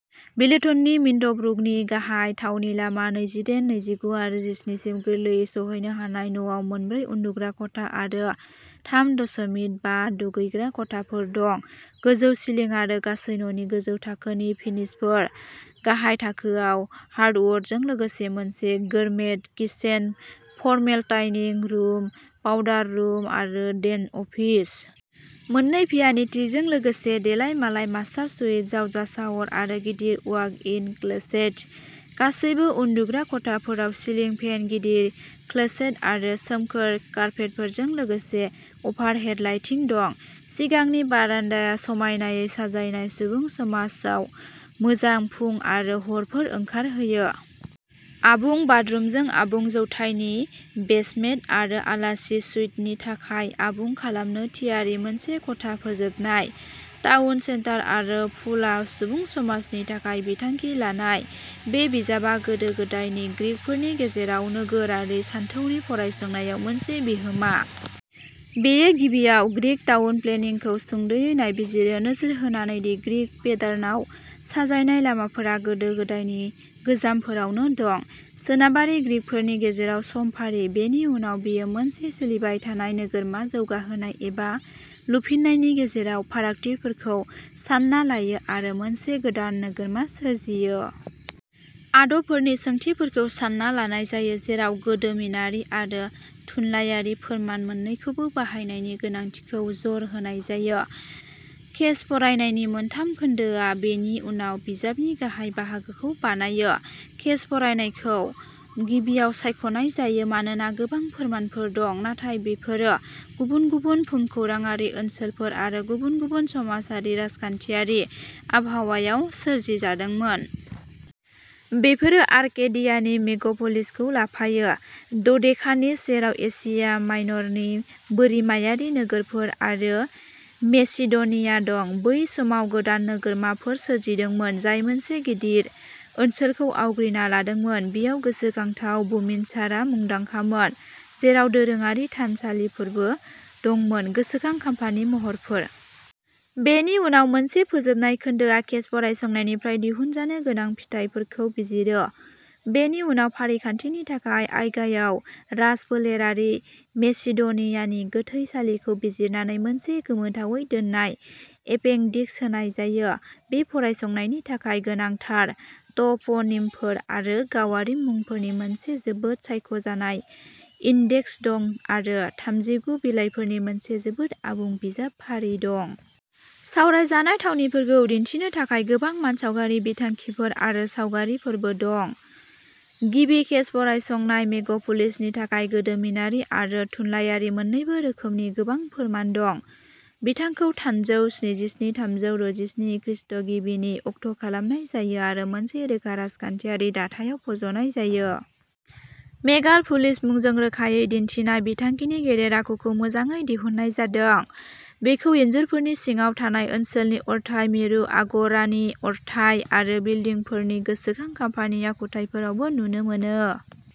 बिलेटननि मिन्टब्रुकनि गाहाय थावनि। लामा नैजिदायेन, नैजिगु, आरो जिस्नि सिम गोरलैयै सौहैनो हानाय न'आव मोन ब्रै उन्दुग्रा खथा आरो थाम दशमिक बा दुगैग्रा खथाफोर दं। गोजौ सिलिं आरो गासै न'नि गोजौ थाखोनि फिनिशफोर। गाहाय थाखोआव हार्डवुडजों लोगोसे मोनसे gourmet kitchen, formal dining room, powder room आरो डेन अफिस। मोननै भ्यानिटिजों लोगोसे देलायमालाय मास्टार सुइट, जावजा शावर, आरो गिदिर वाक-इन क्लोसेट। गासैबो उन्दुग्रा खथाफोराव सिलिं फेन, गिदिर क्लोसेट आरो सोमखोर कार्पेटफोरजों लोगोसे अभारहेड लाइटिं दं। सिगांनि बारान्दाआ समायनायै साजायनाय सुबुं समाजाव मोजां फुं आरो हरफोर ओंखारहोयो। आबुं बाथरुमजों आबुं जौथायनि बेसमेन्ट आरो आलासि सुइटनि थाखाय आबुं खालामनो थियारि मोनसे खथा फोजोबनाय। टाउन सेन्टार आरो पुलआ सुबुं समाजनि थाखाय बिथांखि लानाय। बे बिजाबआ गोदो-गोदायनि ग्रीकफोरनि गेजेराव नोगोरारि सानथौनि फरायसंनायाव मोनसे बिहोमा। बेयो गिबियाव ग्रीक टाउन-प्लेनिंखौ सुंद'यै नायबिजिरो, नोजोर होनानै दि ग्रिड पेटार्नाव साजायनाय लामाफोरा गोदो-गोदायनि गोजामफोरावनो दं। सोनाबारि ग्रीकफोरनि गेजेराव समफारि। बेनि उनाव बेयो मोनसे सोलिबाय थानाय नोगोरमा जौगाहोनाय एबा लुफिन्नायनि गेजेराव फारागथिफोरखौ सान्ना लायो आरो मोनसे गोदान नोगोरमा सोरजियो। आदबफोरनि सोंथिफोरखौ सान्ना लानाय जायो, जेराव गोदोमिनारि आरो थुनलायारि फोरमान मोन्नैखौबो बाहायनायनि गोनांथिखौ जर होनाय जायो। केस-फरायनायनि मोनथाम खोन्दोआ बेनि उनाव बिजाबनि गाहाय बाहागोखौ बानायो। केस-फरायनायखौ गिबियाव सायख'नाय जायो मानोना गोबां फोरमानफोर दं, नाथाय बेफोरो गुबुन-गुबुन भुमखौराङारि ओनसोलफोर आरो गुबुन-गुबुन समाजारि-राजखान्थियारि आबहावायाव सोरजिजादोंमोन। बेफोरो आर्केडियानि मेग'पलिसखौ लाफायो डडेकानिज, जेराव एसिया माइनरनि बोरिमायारि नोगोरफोर, आरो मेसिड'निया दं। बै समाव गोदान नोगोरमाफोर सोरजिदोंमोन जाय मोनसे गिदिर ओनसोलखौ आवग्रिना लादोंमोन। बेयाव गोसोखांथाव बुमिनसारआ मुंदांखामोन, जेराव दोरोङारि थानसालिफोरबो दंमोन गोसोखां खाम्फानि महरफोर। बेनि उनाव मोनसे फोजोबनाय खोन्दोआ केस-फरायसंनायनिफ्राय दिहुनजानो गोनां फिथाइफोरखौ बिजिरो। बेनि उनाव फारिखान्थिनि थाखाय आइगाइआव राजफोलेरारि मेसिड' नियानि गोथैसालिखौ बिजिरनानै मोनसे गोमोथावै दोननाय एपेंडिक्स होनाय जायो। बे फरायसंनायनि थाखाय गोनांथार ट'प'निमफोर आरो गावारि मुंफोरनि मोनसे जोबोद सायख'जानाय इन्डेक्स दं, आरो थामजिगु बिलाइफोरनि मोनसे जोबोद आबुं बिजाब फारि दं। सावरायजानाय थावनिफोरखौ दिन्थिनो थाखाय गोबां मानसावगारि, बिथांखिफोर आरो सावगारिफोरबो दं। गिबि केस-फरायसंनाय, मेग' पलिसनि थाखाय, गोदोमिनारि आरो थुनलायारि मोन्नैबो रोखोमनि गोबां फोरमान दं। बिथाखौ थानजौ स्निजि-थामजौ दजिस्नि खृष्टगिबिनि अक्ट'खालामनाय जायो आरो मोनसे रोखा राजखान्थियारि दाथायाव फज'नाय जायो। मेगाल पलिस मुंजों रोखायै दिन्थिनाय बिथांखिनि गेदेर आखुखौ मोजाङै दिहुननाय जादों। बेखौ इनजुरफोरनि सिङाव थानाय ओनसोलनि अरथाइ, मिरु आग'रानि अरथाइ, आरो बिल्डिंफोरनि गोसोखां खाम्फानि आखुथायफोरावबो नुनो मोनो।